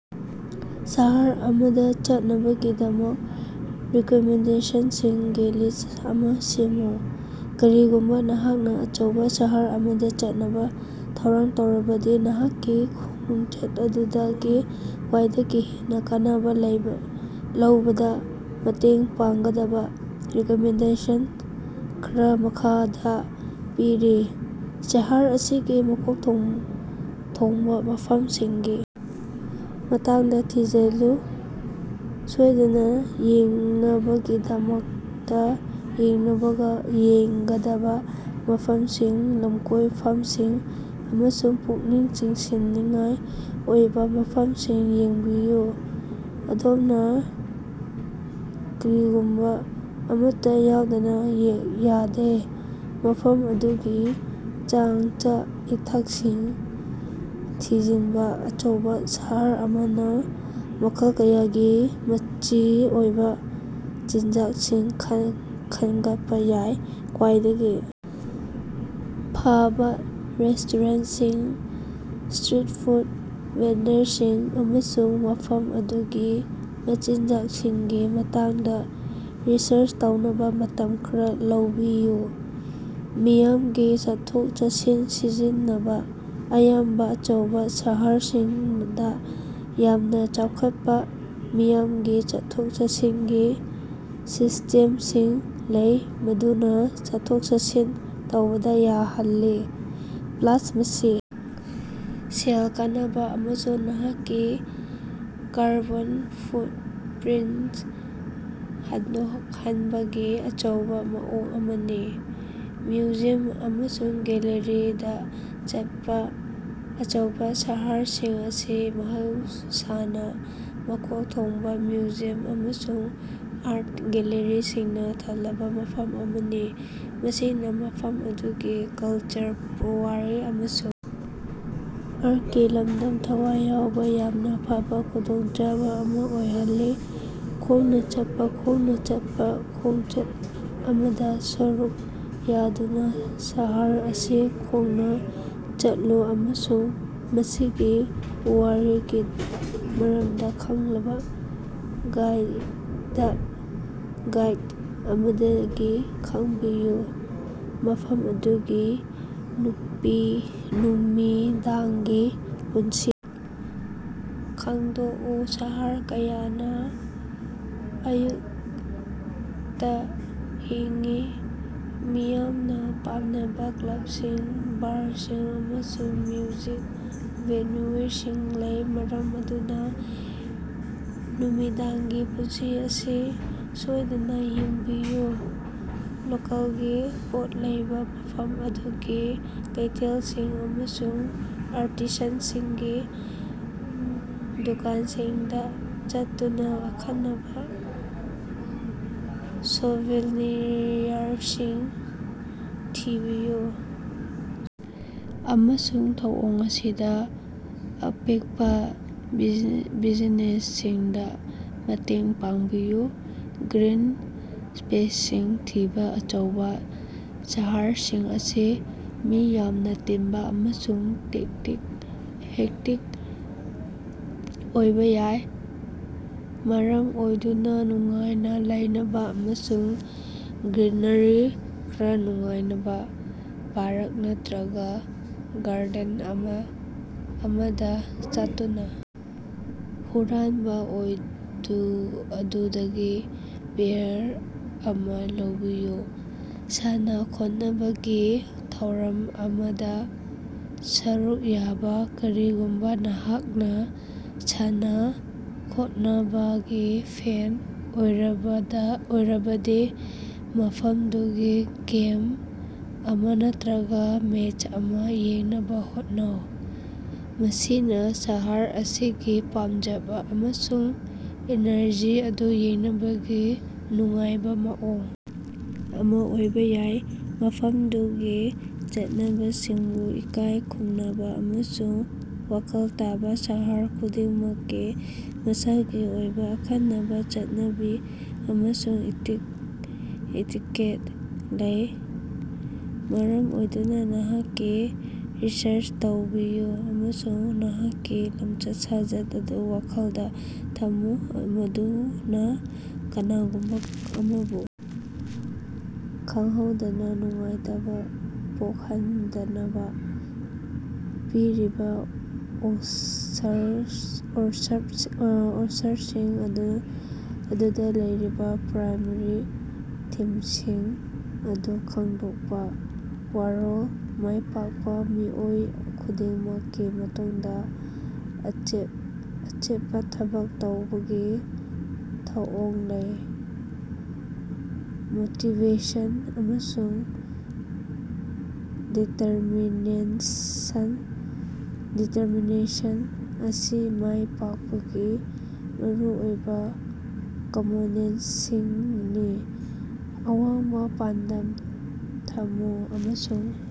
ꯁꯍꯔ ꯑꯃꯗ ꯆꯠꯅꯕꯒꯤꯗꯃꯛ ꯔꯤꯀꯃꯦꯟꯗꯦꯁꯟꯁꯤꯡꯒꯤ ꯂꯤꯁ ꯑꯃ ꯁꯦꯝꯃꯨ꯫ ꯀꯔꯤꯒꯨꯝꯕ ꯅꯍꯥꯛꯅ ꯑꯆꯧꯕ ꯁꯍꯔ ꯑꯃꯗ ꯆꯠꯅꯕ ꯊꯧꯔꯥꯡ ꯇꯧꯔꯕꯗꯤ, ꯅꯍꯥꯛꯀꯤ ꯈꯣꯡꯆꯠ ꯑꯗꯨꯗꯒꯤ ꯈ꯭ꯋꯥꯏꯗꯒꯤ ꯍꯦꯟꯅ ꯀꯥꯟꯅꯕ ꯂꯧꯕꯗ ꯃꯇꯦꯡ ꯄꯥꯡꯒꯗꯕ ꯔꯤꯀꯃꯦꯟꯗꯦꯁꯟ ꯈꯔ ꯃꯈꯥꯗ ꯄꯤꯔꯤ: ꯁꯍꯔ ꯑꯁꯤꯒꯤ ꯃꯀꯣꯛ ꯊꯣꯡꯕ ꯃꯐꯝꯁꯤꯡꯒꯤ ꯃꯇꯥꯡꯗ ꯊꯤꯖꯤꯜꯂꯨ: ꯁꯣꯏꯗꯅ ꯌꯦꯡꯅꯕꯒꯤꯗꯃꯛꯇ ꯌꯦꯡꯒꯗꯕ ꯃꯐꯝꯁꯤꯡ, ꯂꯝꯀꯣꯏꯐꯝꯁꯤꯡ ꯑꯃꯁꯨꯡ ꯄꯨꯛꯅꯤꯡ ꯆꯤꯡꯁꯤꯟꯅꯤꯡꯉꯥꯏ ꯑꯣꯏꯕ ꯃꯐꯝꯁꯤꯡ ꯌꯦꯡꯕꯤꯌꯨ꯫ ꯑꯗꯣꯝꯅ ꯀꯔꯤꯒꯨꯝꯕ ꯑꯃꯠꯇ ꯌꯥꯎꯗꯕ ꯌꯥꯗꯦ꯫ ꯃꯐꯝ ꯑꯗꯨꯒꯤ ꯆꯥꯀꯆꯥ-ꯏꯊꯛꯁꯤꯡ ꯊꯤꯖꯤꯟꯕ: ꯑꯆꯧꯕ ꯁꯍꯔ ꯑꯃꯅ ꯃꯈꯜ ꯀꯌꯥꯒꯤ ꯃꯆꯤ ꯑꯣꯏꯕ ꯆꯤꯟꯖꯥꯛꯁꯤꯡ ꯈꯟꯒꯠꯄ ꯌꯥꯏ꯫ ꯈ꯭ꯋꯥꯏꯗꯒꯤ ꯐꯕ ꯔꯦꯁ꯭ꯇꯣꯔꯦꯟꯠꯁꯤꯡ, ꯁ꯭ꯇꯔꯤꯠ ꯐꯨꯗ ꯚꯦꯟꯗꯔꯁꯤꯡ, ꯑꯃꯁꯨꯡ ꯃꯐꯝ ꯑꯗꯨꯒꯤ ꯃꯆꯤꯟꯖꯥꯛꯁꯤꯡꯒꯤ ꯃꯇꯥꯡꯗ ꯔꯤꯁꯔꯆ ꯇꯧꯅꯕ ꯃꯇꯝ ꯈꯔꯥ ꯂꯧꯕꯤꯌꯨ꯫ ꯃꯤꯌꯥꯝꯒꯤ ꯆꯠꯊꯣꯛ-ꯆꯠꯁꯤꯟ ꯁꯤꯖꯤꯟꯅꯕ: ꯑꯌꯥꯝꯕ ꯑꯆꯧꯕ ꯁꯍꯔꯁꯤꯡꯗ ꯌꯥꯝꯅ ꯆꯥꯎꯈꯠꯄ ꯃꯤꯌꯥꯝꯒꯤ ꯆꯠꯊꯣꯛ-ꯆꯠꯁꯤꯟꯒꯤ ꯁꯤꯁꯇꯦꯝꯁꯤꯡ ꯂꯩ, ꯃꯗꯨꯅ ꯆꯠꯊꯣꯛ-ꯆꯠꯁꯤꯟ ꯇꯧꯕꯗ ꯂꯥꯏꯍꯜꯂꯤ꯫ ꯄ꯭ꯂꯥꯁ, ꯃꯁꯤ ꯁꯦꯜ ꯀꯅꯕ ꯑꯃꯁꯨꯡ ꯅꯍꯥꯛꯀꯤ ꯀꯥꯔꯕꯣꯟ ꯐꯨꯠꯄ꯭ꯔꯤꯟꯠ ꯍꯟꯊꯍꯟꯕꯒꯤ ꯑꯆꯧꯕ ꯃꯑꯣꯡ ꯑꯃꯅꯤ꯫ ꯃ꯭ꯌꯨꯖꯤꯌꯝ ꯑꯃꯁꯨꯡ ꯒꯦꯜꯂꯔꯤꯁꯤꯡꯗ ꯆꯠꯄ: ꯑꯆꯧꯕ ꯁꯍꯔꯁꯤꯡ ꯑꯁꯤ ꯃꯍꯧꯁꯥꯅ ꯃꯀꯣꯛ ꯊꯣꯡꯕ ꯃ꯭ꯌꯨꯖꯤꯌꯝ ꯑꯃꯁꯨꯡ ꯑꯥꯔꯠ ꯒꯦꯜꯂꯔꯤꯁꯤꯡꯅ ꯊꯜꯂꯕ ꯃꯐꯝ ꯑꯃꯅꯤ, ꯃꯁꯤꯅ ꯃꯐꯝ ꯑꯗꯨꯒꯤ ꯀꯜꯆꯔ, ꯄꯨꯋꯥꯔꯤ ꯑꯃꯁꯨꯡ ꯑꯥꯔꯠꯀꯤ ꯂꯝꯗ ꯊꯋꯥꯏ ꯌꯥꯎꯕ ꯌꯥꯝꯅ ꯐꯕ ꯈꯨꯗꯣꯡꯆꯥꯕ ꯑꯃ ꯑꯣꯏꯍꯜꯂꯤ꯫ ꯈꯣꯡꯅ ꯆꯠꯄ: ꯈꯣꯡꯅ ꯆꯠꯄ ꯈꯣꯡꯆꯠ ꯑꯃꯗ ꯁꯔꯨꯛ ꯌꯥꯗꯨꯅ ꯁꯍꯔ ꯑꯁꯤ ꯈꯣꯡꯅ ꯆꯠꯂꯨ ꯑꯃꯁꯨꯡ ꯃꯁꯤꯒꯤ ꯄꯨꯋꯥꯔꯤꯒꯤ ꯃꯔꯝꯗ ꯈꯪꯂꯕ ꯒꯥꯏꯗ ꯑꯃꯗꯒꯤ ꯈꯪꯕꯤꯌꯨ꯫ ꯃꯐꯝ ꯑꯗꯨꯒꯤ ꯅꯨꯃꯤꯗꯥꯡꯒꯤ ꯄꯨꯟꯁꯤ ꯈꯪꯗꯣꯛꯎ: ꯁꯍꯔ ꯀꯌꯥꯅ ꯑꯌꯨꯛꯇ ꯍꯤꯡꯏ, ꯃꯤꯌꯥꯝꯅ ꯄꯥꯝꯅꯕ ꯀ꯭ꯂꯕꯁꯤꯡ, ꯕꯥꯔꯁꯤꯡ, ꯑꯃꯁꯨꯡ ꯃ꯭ꯌꯨꯖꯤꯛ ꯚꯦꯅ꯭ꯌꯨꯁꯤꯡ ꯂꯩ, ꯃꯔꯝ ꯑꯗꯨꯅ ꯅꯨꯃꯤꯗꯥꯡꯒꯤ ꯄꯨꯟꯁꯤ ꯑꯁꯤ ꯁꯣꯏꯗꯅ ꯌꯦꯡꯕꯤꯌꯨ꯫ ꯂꯣꯀꯦꯜꯒꯤ ꯄꯣꯠ ꯂꯩꯕ: ꯃꯐꯝ ꯑꯗꯨꯒꯤ ꯀꯩꯊꯦꯜꯁꯤꯡ ꯑꯃꯁꯨꯡ ꯑꯥꯔꯇꯤꯁꯥꯟꯁꯤꯡꯒꯤ ꯗꯨꯀꯥꯟꯁꯤꯡꯗ ꯆꯠꯇꯨꯅ ꯑꯈꯟꯅꯕ ꯁꯣꯚꯦꯅꯤꯌꯔꯁꯤꯡ ꯊꯤꯕꯤꯌꯨ, ꯑꯃꯁꯨꯡ ꯊꯧꯑꯣꯡ ꯑꯁꯤꯗ ꯑꯄꯤꯛꯄ ꯕꯤꯖꯤꯅꯦꯁꯁꯤꯡꯗ ꯃꯇꯦꯡ ꯄꯥꯡꯕꯤꯌꯨ꯫ ꯒ꯭ꯔꯤꯟ ꯁ꯭ꯄꯦꯁꯁꯤꯡ ꯊꯤꯕ: ꯑꯆꯧꯕ ꯁꯍꯔꯁꯤꯡ ꯑꯁꯤ ꯃꯤ ꯌꯥꯝꯅ ꯇꯤꯟꯕ ꯑꯃꯁꯨꯡ ꯍꯦꯛꯇꯤꯛ ꯑꯣꯏꯕ ꯌꯥꯏ, ꯃꯔꯝ ꯑꯗꯨꯅ ꯅꯨꯡꯉꯥꯏꯅ ꯂꯩꯅꯕ ꯑꯃꯁꯨꯡ ꯒ꯭ꯔꯤꯅꯔꯤ ꯈꯔ ꯅꯨꯡꯉꯥꯏꯅꯕ ꯄꯥꯔꯛ ꯅꯠꯇ꯭ꯔꯒ ꯒꯥꯔꯗꯦꯟ ꯑꯃꯗ ꯆꯠꯇꯨꯅ ꯍꯨꯔꯥꯟꯕ ꯑꯗꯨꯗꯒꯤ ꯕ꯭ꯔꯦꯛ ꯑꯃ ꯂꯧꯕꯤꯌꯨ꯫ ꯁꯥꯟꯅ-ꯈꯣꯠꯅꯕꯒꯤ ꯊꯧꯔꯝ ꯑꯃꯗ ꯁꯔꯨꯛ ꯌꯥꯕ: ꯀꯔꯤꯒꯨꯝꯕ ꯅꯍꯥꯛꯅ ꯁꯥꯟꯅ-ꯈꯣꯠꯅꯕꯒꯤ ꯐꯦꯟ ꯑꯣꯏꯔꯕꯗꯤ, ꯃꯐꯝꯗꯨꯒꯤ ꯒꯦꯝ ꯑꯃ ꯅꯠꯇ꯭ꯔꯒ ꯃꯦꯆ ꯑꯃ ꯌꯦꯡꯅꯕ ꯍꯣꯠꯅꯧ, ꯃꯁꯤꯅ ꯁꯍꯔ ꯑꯁꯤꯒꯤ ꯄꯥꯝꯖꯕ ꯑꯃꯁꯨꯡ ꯏꯅꯔꯖꯤ ꯑꯗꯨ ꯌꯦꯡꯅꯕꯒꯤ ꯅꯨꯡꯉꯥꯏꯕ ꯃꯑꯣꯡ ꯑꯃ ꯑꯣꯏꯕ ꯌꯥꯏ꯫ ꯃꯐꯝꯗꯨꯒꯤ ꯆꯠꯅꯕꯤꯁꯤꯡꯕꯨ ꯏꯀꯥꯏ ꯈꯨꯝꯅꯕ ꯑꯃꯁꯨꯡ ꯋꯥꯈꯜ ꯇꯥꯕ: ꯁꯍꯔ ꯈꯨꯗꯤꯡꯃꯛꯀꯤ ꯃꯁꯥꯒꯤ ꯑꯣꯏꯕ ꯑꯈꯟꯅꯕ ꯆꯠꯅꯕꯤ ꯑꯃꯁꯨꯡ ꯏꯇꯤꯀꯦꯠ ꯂꯩ, ꯃꯔꯝ ꯑꯗꯨꯅ ꯅꯍꯥꯛꯀꯤ ꯔꯤꯁꯔꯆ ꯇꯧꯕꯤꯌꯨ ꯑꯃꯁꯨꯡ ꯅꯍꯥꯛꯀꯤ ꯂꯝꯆꯠ-ꯁꯥꯖꯠ ꯑꯗꯨ ꯋꯥꯈꯜꯗ ꯊꯝꯃꯨ ꯃꯗꯨꯅ ꯀꯅꯥꯒꯨꯝꯕ ꯑꯃꯕꯨ ꯈꯪꯍꯧꯗꯅ ꯅꯨꯡꯉꯥꯏꯇꯕ ꯄꯣꯛꯍꯟꯗꯅꯕ꯫ ꯄꯤꯔꯤꯕ ꯑꯦꯛꯁꯔꯞꯁꯟ ꯑꯗꯨꯗ ꯂꯩꯔꯤꯕ ꯄ꯭ꯔꯥꯏꯃꯥꯔꯤ ꯊꯤꯝꯁꯤꯡ ꯑꯗꯨ ꯈꯪꯗꯣꯛꯄ꯫ ꯋꯥꯔꯣꯜ: "ꯃꯥꯏꯄꯥꯛꯄ ꯃꯤꯑꯣꯏ ꯈꯨꯗꯤꯡꯃꯛꯀꯤ ꯃꯇꯨꯡꯗ ꯑꯆꯦꯠꯄ ꯊꯕꯛ ꯇꯧꯕꯒꯤ ꯊꯧꯑꯣꯡ ꯂꯩ꯫ ꯃꯣꯇꯤꯕꯦꯁꯟ ꯑꯃꯁꯨꯡ ꯗꯤꯇꯔꯃꯤꯅꯦꯁꯟ ꯑꯁꯤ ꯃꯥꯏ ꯄꯥꯛꯄꯒꯤ ꯃꯔꯨꯑꯣꯏꯕ ꯀꯝꯄꯣꯅꯦꯟꯠꯁꯤꯡꯅꯤ꯫ ꯑꯋꯥꯡꯕ ꯄꯥꯟꯗꯝ ꯊꯝꯃꯨ ꯑꯃꯁꯨꯡ